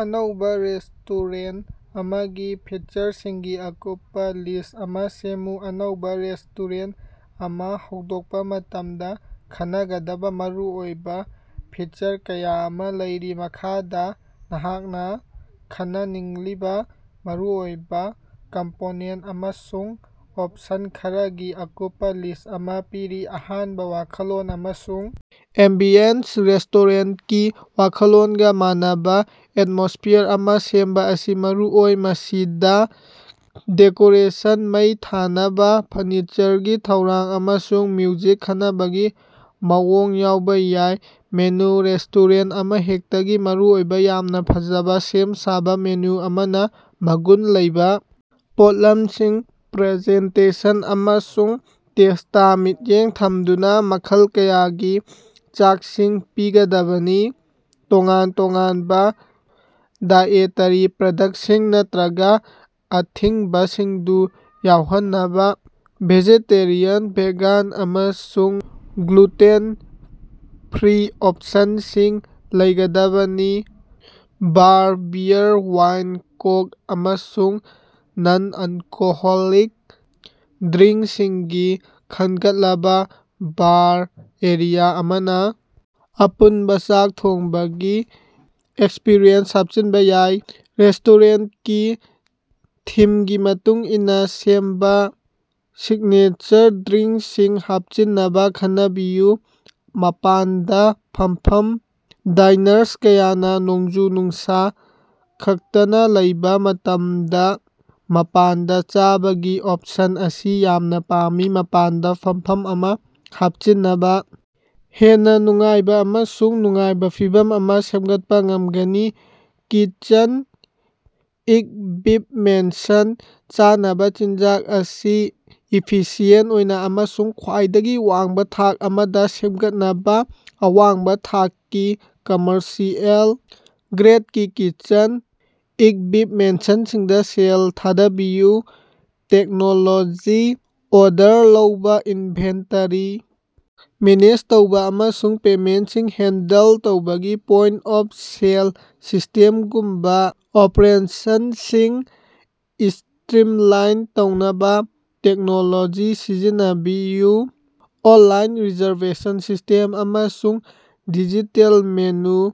ꯑꯅꯧꯕꯥ ꯔꯦꯁꯇꯣꯔꯦꯟ ꯑꯃꯒꯤ ꯐꯤꯆꯔꯁꯤꯡꯒꯤ ꯑꯀꯨꯞꯄꯥ ꯂꯤꯁ ꯑꯃ ꯁꯦꯝꯃꯨ꯫ ꯑꯅꯧꯕꯥ ꯔꯦꯁꯇꯣꯔꯦꯟ ꯑꯃ ꯍꯧꯗꯣꯛꯄ ꯃꯇꯝꯗ ꯈꯟꯅꯒꯗꯕꯥ ꯃꯔꯨꯑꯣꯏꯕ ꯐꯤꯆꯔ ꯀꯌꯥ ꯑꯃ ꯂꯩꯔꯤ꯫ ꯃꯈꯥꯗ ꯅꯍꯥꯛꯅ ꯈꯟꯅꯅꯤꯡꯂꯤꯕꯥ ꯃꯔꯨꯑꯣꯏꯕ ꯀꯝꯄꯣꯅꯦꯟ ꯑꯃꯁꯨꯡ ꯑꯣꯞꯁꯟ ꯈꯔꯒꯤ ꯑꯀꯨꯞꯄꯥ ꯂꯤꯁ ꯑꯃ ꯄꯤꯔꯤ: ꯑꯍꯥꯟꯕ:ꯋꯥꯈꯜꯂꯣꯟ ꯑꯃꯁꯨꯡ ꯑꯦꯝꯕꯤꯌꯟꯁ: ꯔꯦꯁꯇꯣꯔꯦꯟꯀꯤ ꯋꯥꯈꯜꯂꯣꯟꯒ ꯃꯥꯟꯅꯕ ꯑꯦꯠꯃꯣꯁꯐꯤꯌꯥꯔ ꯑꯃ ꯁꯦꯝꯕ ꯑꯁꯤ ꯃꯔꯨꯑꯣꯏ꯫ ꯃꯁꯤꯗ ꯗꯦꯀꯣꯔꯦꯁꯟ, ꯃꯩ ꯊꯥꯟꯅꯕ, ꯐꯔꯅꯤꯆꯔꯒꯤ ꯊꯧꯔꯥꯡ, ꯑꯃꯁꯨꯡ ꯃ꯭ꯌꯨꯖꯤꯛ ꯈꯟꯅꯕꯒꯤ ꯃꯑꯣꯡ ꯌꯥꯎꯕ ꯌꯥꯏ꯫ ꯃꯦꯅꯨ: ꯔꯦꯁꯇꯣꯔꯦꯟ ꯑꯃꯍꯦꯛꯇꯒꯤ ꯃꯔꯨꯑꯣꯏꯕ, ꯌꯥꯝꯅ ꯐꯖꯅ ꯁꯦꯝ ꯁꯥꯕ ꯃꯦꯅꯨ ꯑꯃꯅ ꯃꯒꯨꯟ ꯂꯩꯕ ꯄꯣꯠꯂꯝꯁꯤꯡ, ꯄ꯭ꯔꯖꯦꯟꯇꯦꯁꯟ ꯑꯃꯁꯨꯡ ꯇꯦꯁꯇꯥ ꯃꯤꯠꯌꯦꯡ ꯊꯝꯗꯨꯅꯥ ꯃꯈꯜ ꯀꯌꯥꯒꯤ ꯆꯥꯛꯁꯤꯡ ꯄꯤꯒꯗꯕꯅꯤ꯫ ꯇꯣꯉꯥꯟ-ꯇꯣꯉꯥꯟꯕ ꯗꯥꯏꯑꯦꯇꯔꯤ ꯄꯔꯗꯛꯁꯟꯁꯤꯡ ꯅꯠꯇ꯭ꯔꯒꯥ ꯑꯊꯤꯡꯕꯁꯤꯡꯗꯨ ꯌꯥꯎꯍꯟꯅꯕꯥ ꯚꯦꯖꯦꯇꯦꯔꯤꯌꯥꯟ, ꯚꯦꯒꯥꯟ ꯑꯃꯁꯨꯡ ꯒ꯭ꯂꯨꯇꯦꯟ-ꯐ꯭ꯔꯤ ꯑꯣꯞꯁꯟꯁꯤꯡ ꯂꯩꯒꯗꯕꯅꯤ꯫ ꯕꯥꯔ: ꯕꯤꯌꯔ, ꯋꯥꯏꯟ, ꯀꯣꯛ, ꯑꯃꯁꯨꯡ ꯅꯟ-ꯑꯜꯀꯣꯍꯣꯂꯤꯛ ꯗ꯭ꯔꯤꯡꯁꯤꯡꯒꯤ ꯈꯟꯒꯠꯂꯕꯥ ꯕꯥꯔ ꯑꯦꯔꯤꯌꯥ ꯑꯃꯅ ꯑꯄꯨꯟꯕ ꯆꯥꯛ ꯊꯣꯡꯕꯒꯤ ꯑꯦꯛꯁꯄꯔꯤꯌꯦꯟꯁꯇ ꯍꯥꯞꯆꯤꯟꯕ ꯌꯥꯏ꯫ ꯔꯦꯁꯇꯣꯔꯦꯟꯀꯤ ꯊꯤꯝꯒꯤ ꯃꯇꯨꯡ ꯏꯟꯅ ꯁꯦꯝꯕ ꯁꯤꯒꯅꯦꯆꯔ ꯗ꯭ꯔꯤꯡꯁꯤꯡ ꯍꯥꯞꯆꯤꯟꯅꯕ ꯈꯟꯅꯕꯤꯌꯨ꯫ ꯃꯄꯥꯟꯗ ꯐꯝꯐꯝ: ꯗꯥꯏꯅꯥꯔꯁ ꯀꯌꯥꯅ ꯅꯣꯡꯖꯨ-ꯅꯨꯡꯁꯥ ꯈꯥꯛꯇꯅ ꯂꯩꯕ ꯃꯇꯝꯗ ꯃꯄꯥꯟꯗ ꯆꯥꯕꯒꯤ ꯑꯣꯞꯁꯟ ꯑꯁꯤ ꯌꯥꯝꯅ ꯄꯥꯝꯃꯤ꯫ ꯃꯄꯥꯟꯗ ꯐꯝꯐꯝ ꯑꯃ ꯍꯥꯞꯆꯤꯟꯕꯅ ꯍꯦꯟꯅ ꯅꯨꯡꯉꯥꯏꯕ ꯑꯃꯁꯨꯡ ꯅꯨꯡꯉꯥꯏꯕ ꯐꯤꯚꯝ ꯑꯃ ꯁꯦꯝꯒꯠꯄ ꯉꯝꯒꯅꯤ꯫ ꯀꯤꯆꯟ ꯏꯛꯕꯤꯞꯃꯦꯟꯁꯤꯡ: ꯆꯥꯅꯕ ꯆꯤꯟꯖꯥꯛ ꯑꯁꯤ ꯏꯐꯤꯁꯤꯌꯦꯟ ꯑꯣꯏꯅ ꯑꯃꯁꯨꯡ ꯈ꯭ꯋꯥꯏꯗꯒꯤ ꯋꯥꯡꯕ ꯊꯥꯛ ꯑꯃꯗ ꯁꯦꯝꯒꯠꯅꯕ ꯑꯋꯥꯡꯕ ꯊꯥꯛꯀꯤ, ꯀꯝꯃꯔꯁꯤꯑꯦꯜ ꯒ꯭ꯔꯦꯠꯀꯤ ꯀꯤꯆꯟ ꯏꯛꯕꯤꯞꯃꯦꯟꯁꯤꯡꯗ ꯁꯦꯜ ꯊꯥꯗꯕꯤꯌꯨ꯫ ꯇꯦꯛꯅꯣꯂꯣꯖꯤ: ꯑꯣꯔꯗꯔ ꯂꯧꯕꯥ, ꯏꯅꯚꯦꯟꯇꯔꯤ ꯃꯦꯅꯦꯖ ꯇꯧꯕ, ꯑꯃꯁꯨꯡ ꯄꯦꯃꯦꯟꯁꯤꯡ ꯍꯦꯟꯗꯜ ꯇꯧꯕꯒꯤ ꯄꯣꯏꯟꯇ-ꯑꯣꯐ-ꯁꯦꯜ ꯁꯤꯁꯇꯦꯝꯒꯨꯝꯕꯥ ꯑꯣꯄꯔꯦꯁꯟꯁꯤꯡ ꯁ꯭ꯇꯔꯤꯝꯂꯥꯏꯟ ꯇꯧꯅꯕ ꯇꯦꯛꯅꯣꯂꯣꯖꯤ ꯁꯤꯖꯤꯟꯅꯕꯤꯌꯨ꯫ ꯑꯣꯟꯂꯥꯏꯟ ꯔꯤꯖꯔꯕꯦꯁꯟ ꯁꯤꯁꯇꯦꯝ ꯑꯃꯁꯨꯡ ꯗꯤꯖꯤꯇꯦꯜ ꯃꯦꯅꯨ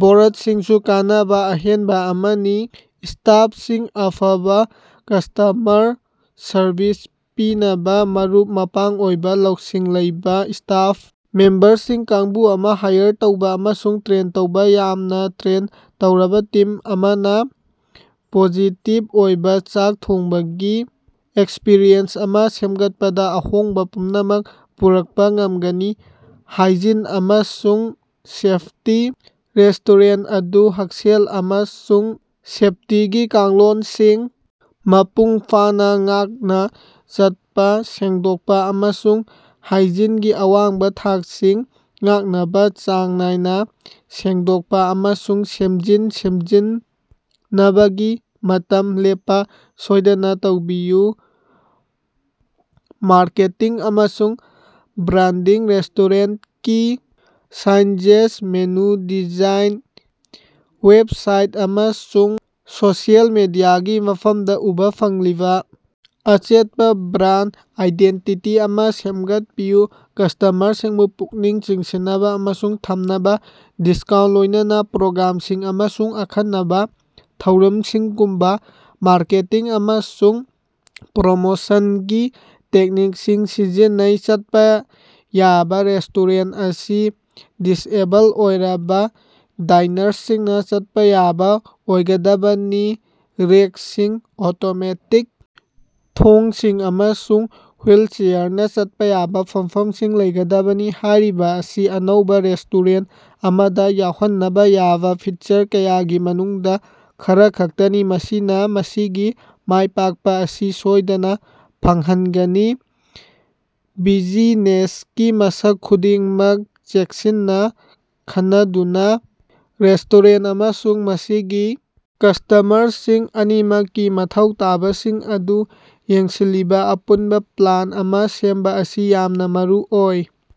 ꯕꯣꯔꯠꯁꯤꯡꯁꯨ ꯀꯥꯟꯅꯕ ꯑꯍꯦꯟꯕ ꯑꯃꯅꯤ꯫ ꯁ꯭ꯇꯥꯐꯁꯤꯡ: ꯑꯐꯕ ꯀꯁꯇꯃꯔ ꯁꯔꯕꯤꯁ ꯄꯤꯅꯕ ꯃꯔꯨꯞ-ꯃꯄꯥꯡ ꯑꯣꯏꯕ, ꯂꯧꯁꯤꯡ ꯂꯩꯕꯥ ꯁ꯭ꯇꯥꯐ ꯃꯦꯝꯕꯔꯁꯤꯡꯒꯤ ꯀꯥꯡꯕꯨ ꯑꯃ ꯍꯥꯏꯌꯔ ꯇꯧꯕ ꯑꯃꯁꯨꯡ ꯇ꯭ꯔꯦꯟ ꯇꯧꯕ꯫ ꯌꯥꯝꯅ ꯇ꯭ꯔꯦꯟ ꯇꯧꯔꯕ ꯇꯤꯝ ꯑꯃꯅ ꯄꯣꯖꯤꯇꯤꯕ ꯑꯣꯏꯕ ꯆꯥꯛ ꯊꯣꯡꯕꯒꯤ ꯑꯦꯛꯁꯄꯔꯤꯌꯦꯟꯁ ꯑꯃ ꯁꯦꯝꯒꯠꯄꯗ ꯑꯍꯣꯡꯕ ꯄꯨꯝꯅꯃꯛ ꯄꯨꯔꯛꯄ ꯉꯝꯒꯅꯤ꯫ ꯍꯥꯏꯖꯤꯟ ꯑꯃꯁꯨꯡ ꯁꯦꯐꯇꯤ: ꯔꯦꯁꯇꯣꯔꯦꯟ ꯑꯗꯨ ꯍꯛꯁꯦꯜ ꯑꯃꯁꯨꯡ ꯁꯦꯐꯇꯤꯒꯤ ꯀꯥꯡꯂꯣꯟꯁꯤꯡ ꯃꯄꯨꯡ ꯐꯥꯅ ꯉꯥꯛꯅ ꯆꯠꯄ, ꯁꯦꯡꯗꯣꯛꯄ ꯑꯃꯁꯨꯡ ꯍꯥꯏꯖꯤꯟꯒꯤ ꯑꯋꯥꯡꯕ ꯊꯥꯛꯁꯤꯡ ꯉꯥꯛꯅꯕ ꯆꯥꯡ ꯅꯥꯏꯅ ꯁꯦꯡꯗꯣꯛꯄ ꯑꯃꯁꯨꯡ ꯁꯦꯝꯖꯤꯟ-ꯁꯥꯖꯤꯟꯅꯕꯒꯤ ꯃꯇꯝ ꯂꯦꯞꯄꯥ ꯁꯣꯏꯗꯅ ꯇꯧꯕꯤꯌꯨ꯫ ꯃꯥꯔꯀꯦꯇꯤꯡ ꯑꯃꯁꯨꯡ ꯕ꯭ꯔꯥꯟꯗꯤꯡ: ꯔꯦꯁꯇꯣꯔꯦꯟꯀꯤ ꯁꯥꯏꯟꯖꯦꯖ, ꯃꯦꯅꯨ ꯗꯤꯖꯥꯏꯟ, ꯋꯦꯕꯁꯥꯏꯠ, ꯑꯃꯁꯨꯡ ꯁꯣꯁꯤꯑꯦꯜ ꯃꯤꯗꯤꯌꯥꯒꯤ ꯃꯐꯝꯗ ꯎꯕ ꯐꯪꯂꯤꯕ ꯑꯆꯦꯠꯄ ꯕ꯭ꯔꯥꯟꯗ ꯑꯥꯏꯗꯦꯟꯇꯤꯇꯤ ꯑꯃ ꯁꯦꯝꯒꯠꯄꯤꯌꯨ꯫ ꯀꯁꯇꯃꯔꯁꯤꯡꯕꯨ ꯄꯨꯛꯅꯤꯡ ꯆꯤꯡꯁꯤꯟꯅꯕ ꯑꯃꯁꯨꯡ ꯊꯝꯅꯕꯥ ꯗꯤꯁꯀꯥꯎꯟ, ꯂꯣꯏꯅꯅꯥ ꯄ꯭ꯔꯣꯒ꯭ꯔꯥꯝꯁꯤꯡ, ꯑꯃꯁꯨꯡ ꯑꯈꯟꯅꯕꯥ ꯊꯧꯔꯝꯁꯤꯡꯒꯨꯝꯕ ꯃꯥꯔꯀꯦꯇꯤꯡ ꯑꯃꯁꯨꯡ ꯄ꯭ꯔꯃꯣꯁꯟꯒꯤ ꯇꯦꯛꯅꯤꯛꯁꯤꯡ ꯁꯤꯖꯤꯟꯅꯩ꯫ ꯆꯠꯄ ꯌꯥꯕ: ꯔꯦꯁꯇꯣꯔꯦꯟ ꯑꯁꯤ ꯗꯤꯁꯑꯦꯕꯜ ꯑꯣꯏꯔꯕ ꯗꯥꯏꯅꯥꯔꯁꯁꯤꯡꯅ ꯆꯠꯄ ꯌꯥꯕ ꯑꯣꯏꯒꯗꯕꯅꯤ, ꯔꯦꯛꯁꯤꯡ, ꯑꯣꯇꯣꯃꯦꯇꯤꯛ ꯊꯣꯡꯁꯤꯡ, ꯑꯃꯁꯨꯡ ꯍꯨꯏꯜꯆꯦꯌꯥꯔꯅꯥ ꯆꯠꯄꯥ ꯌꯥꯕ ꯐꯝꯐꯝꯁꯤꯡ ꯂꯩꯒꯗꯕꯅꯤ꯫ ꯍꯥꯏꯔꯤꯕ ꯑꯁꯤ ꯑꯅꯧꯕ ꯔꯦꯁꯇꯣꯔꯦꯟ ꯑꯃꯗ ꯌꯥꯎꯍꯟꯅꯕ ꯌꯥꯕ ꯐꯤꯆꯔ ꯀꯌꯥꯒꯤ ꯃꯅꯨꯡꯗꯥ ꯈꯔꯈꯛꯇꯅꯤ, ꯃꯁꯤꯅ ꯃꯁꯤꯒꯤ ꯃꯥꯢ ꯄꯥꯛꯄ ꯑꯁꯤ ꯁꯣꯏꯗꯅꯥ ꯐꯪꯍꯟꯒꯅꯤ꯫ ꯕꯤꯖꯤꯅꯦꯁꯀꯤ ꯃꯁꯛ ꯈꯨꯗꯤꯡꯃꯛ ꯆꯦꯛꯁꯤꯟꯅ ꯈꯟꯅꯗꯨꯅꯥ ꯔꯦꯁꯇꯣꯔꯦꯟ ꯑꯃꯁꯨꯡ ꯃꯁꯤꯒꯤ ꯀꯁꯇꯃꯔꯁꯤꯡ ꯑꯅꯤꯃꯛꯀꯤ ꯃꯊꯧ ꯇꯥꯕꯁꯤꯡ ꯑꯗꯨ ꯌꯦꯡꯁꯤꯜꯂꯤꯕ ꯑꯄꯨꯟꯕ ꯄ꯭ꯂꯥꯟ ꯑꯃ ꯁꯦꯝꯕꯥ ꯑꯁꯤ ꯌꯥꯝꯅ ꯃꯔꯨꯑꯣꯏ꯫